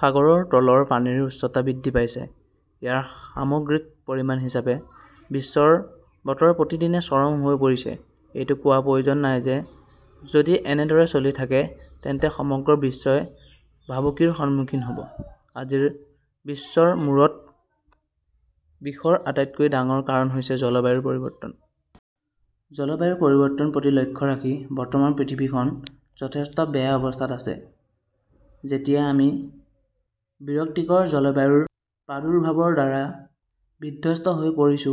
সাগৰৰ তলৰ পানীৰ উচ্চতা বৃদ্ধি পাইছে। ইয়াৰ সামগ্ৰিক পৰিণাম হিচাপে, বিশ্বৰ বতৰ প্ৰতিদিনে 'চৰম "হৈ পৰিছে। এইটো কোৱাৰ প্ৰয়োজন নাই যে যদি এনেদৰে চলি থাকে তেন্তে সমগ্ৰ বিশ্বই ভাবুকিৰ সন্মুখীন হ 'ব। আজিৰ বিশ্বত মূৰৰ বিষৰ আটাইতকৈ ডাঙৰ কাৰণ হৈছে 'জলবায়ু পৰিৱৰ্তন "। জলবায়ু পৰিৱৰ্তনৰ প্ৰতি লক্ষ্য ৰাখি বৰ্তমান পৃথিৱীখন যথেষ্ট বেয়া অৱস্থাত আছে। যেতিয়া আমি বিৰক্তিকৰ জলবায়ুৰ প্ৰাদুৰ্ভাৱৰ দ্বাৰা বিধ্বস্ত হৈ পৰিছো,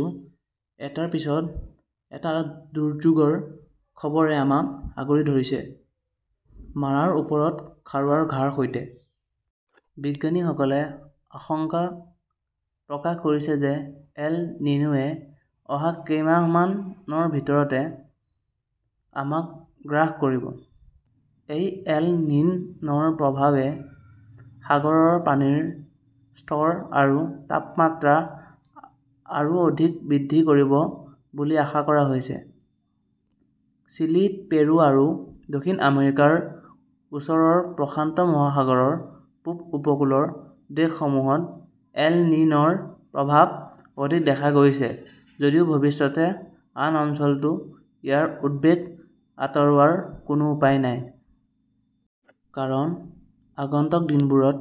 এটাৰ পিছত এটা দুৰ্যোগৰ খবৰে আমাক আগুৰি ধৰিছে, মাৰাৰ ওপৰত খাৰুৱাৰ ঘাঁৰ সৈতে! বিজ্ঞানীসকলে আশংকা প্ৰকাশ কৰিছে যে এল নিনোৱে অহা কেইমাহমানৰ ভিতৰতে আমাক গ্ৰাস কৰিব। এই এল নিন "ৰ প্ৰভাৱে সাগৰৰ পানীৰ স্তৰ আৰু তাপমাত্ৰা আৰু অধিক বৃদ্ধি কৰিব বুলি আশা কৰা হৈছে। চিলি, পেৰু আৰু দক্ষিণ আমেৰিকাৰ ওচৰৰ প্ৰশান্ত মহাসাগৰৰ পূব উপকূলৰ দেশসমূহত এল নিন "ৰ প্ৰভাৱ অধিক দেখা গৈছে যদিও ভৱিষ্যতে আন অঞ্চলতো ইয়াৰ উদ্বেগ আঁতৰোৱাৰ কোনো উপায় নাই! কাৰণ, আগন্তুক দিনবোৰত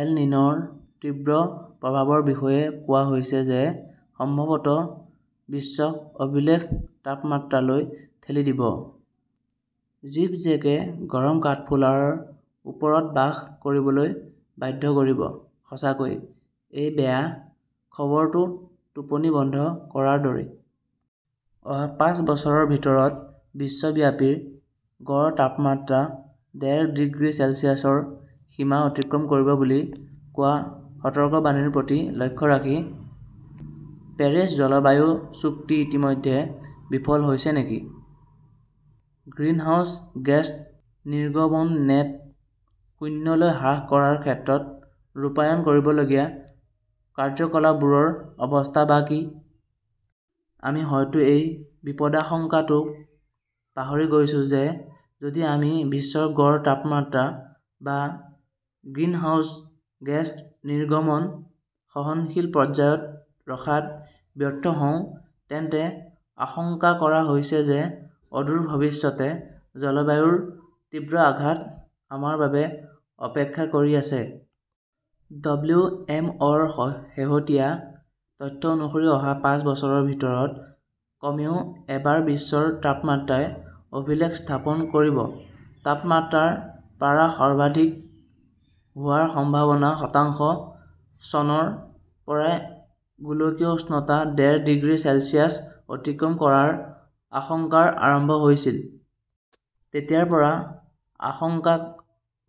এল নিন "ৰ তীব্ৰ প্ৰভাৱৰ বিষয়ে কোৱা হৈছে, যিয়ে সম্ভৱতঃ বিশ্বক অভিলেখ তাপমাত্ৰালৈ ঠেলি দিব। জিভজেকে গৰম কাঠফুলাৰ ওপৰত বাস কৰিবলৈ বাধ্য কৰিব। সঁচাকৈয়ে, এই বেয়া খবৰটো টোপনি বন্ধ কৰাৰ দৰে! অহা পাঁচ বছৰৰ ভিতৰত বিশ্বব্যাপী গড় তাপমাত্ৰা ডেৰ ডিগ্ৰী চেলছিয়াছৰ সীমা অতিক্ৰম কৰিব বুলি কোৱা সতৰ্কবাণীৰ প্ৰতি লক্ষ্য ৰাখি, 'পেৰিছ জলবায়ু চুক্তি' ইতিমধ্যে বিফল হৈছে নেকি? গ্ৰীণহাউছ গেছ নিৰ্গমন নেট শূন্যলৈ হ্ৰাস কৰাৰ ক্ষেত্ৰত ৰূপায়ণ কৰিবলগীয়া কাৰ্যকলাপবোৰৰ অৱস্থা-বা কি? আমি হয়তো এই বিপদাশংকাটো পাহৰি গৈছো যে যদি আমি বিশ্বৰ গড় তাপমাত্ৰা বা গ্ৰিনহাউজ গেছ নিৰ্গমন সহনশীল পৰ্যায়ত ৰখাত ব্যৰ্থ হওঁ, তেন্তে আশংকা কৰা হৈছে যে অদূৰ ভৱিষ্যতে 'জলবায়ুৰ তীব্ৰ আঘাত "আমাৰ বাবে অপেক্ষা কৰি আছে। ডব্লিউ. এম. অ '. -ৰ শেহতীয়া তথ্য অনুসৰি অহা পাঁচ বছৰৰ ভিতৰত কমেও এবাৰ বিশ্বৰ তাপমাত্ৰাই' অভিলেখ "স্থাপন কৰিব! তাপমাত্ৰাৰ পাৰা সৰ্বাধিক হোৱাৰ সম্ভাৱনা শতাংশ! চনৰ পৰাই গোলকীয় উষ্ণতা ডেৰ ডিগ্ৰী চেলছিয়াছ অতিক্ৰম কৰাৰ আশংকা আৰম্ভ হৈছিল। তেতিয়াৰ পৰা আশংকা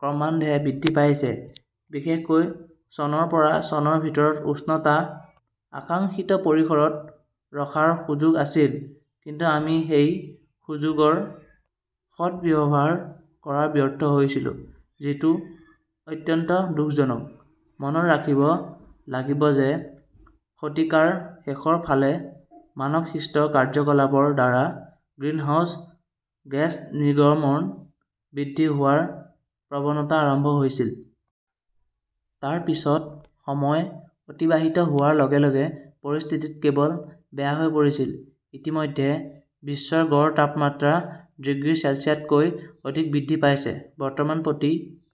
ক্ৰমান্বয়ে বৃদ্ধি পাইছে। বিশেষকৈ চনৰ পৰা চনৰ ভিতৰত উষ্ণতা আকাংক্ষিত পৰিসৰত ৰখাৰ সুযোগ আছিল, কিন্তু আমি সেই সুযোগৰ সদ্ব্যৱহাৰ কৰাত ব্যৰ্থ হৈছিলো, যিটো অত্যন্ত দুখজনক। মনত ৰাখিব লাগিব যে শতিকাৰ শেষৰ ফালে মানৱসৃষ্ট কাৰ্যকলাপৰ দ্বাৰা গ্ৰীণহাউছ গেছ নিৰ্গমন বৃদ্ধি হোৱাৰ প্ৰৱণতা আৰম্ভ হৈছিল। তাৰ পিছত সময় অতিবাহিত হোৱাৰ লগে লগে পৰিস্থিতি কেৱল বেয়া হৈ পৰিছিল। ইতিমধ্যে বিশ্বৰ গড় তাপমাত্ৰা ডিগ্ৰী চেলছিয়াছতকৈ অধিক বৃদ্ধি পাইছে। বৰ্তমান প্ৰতি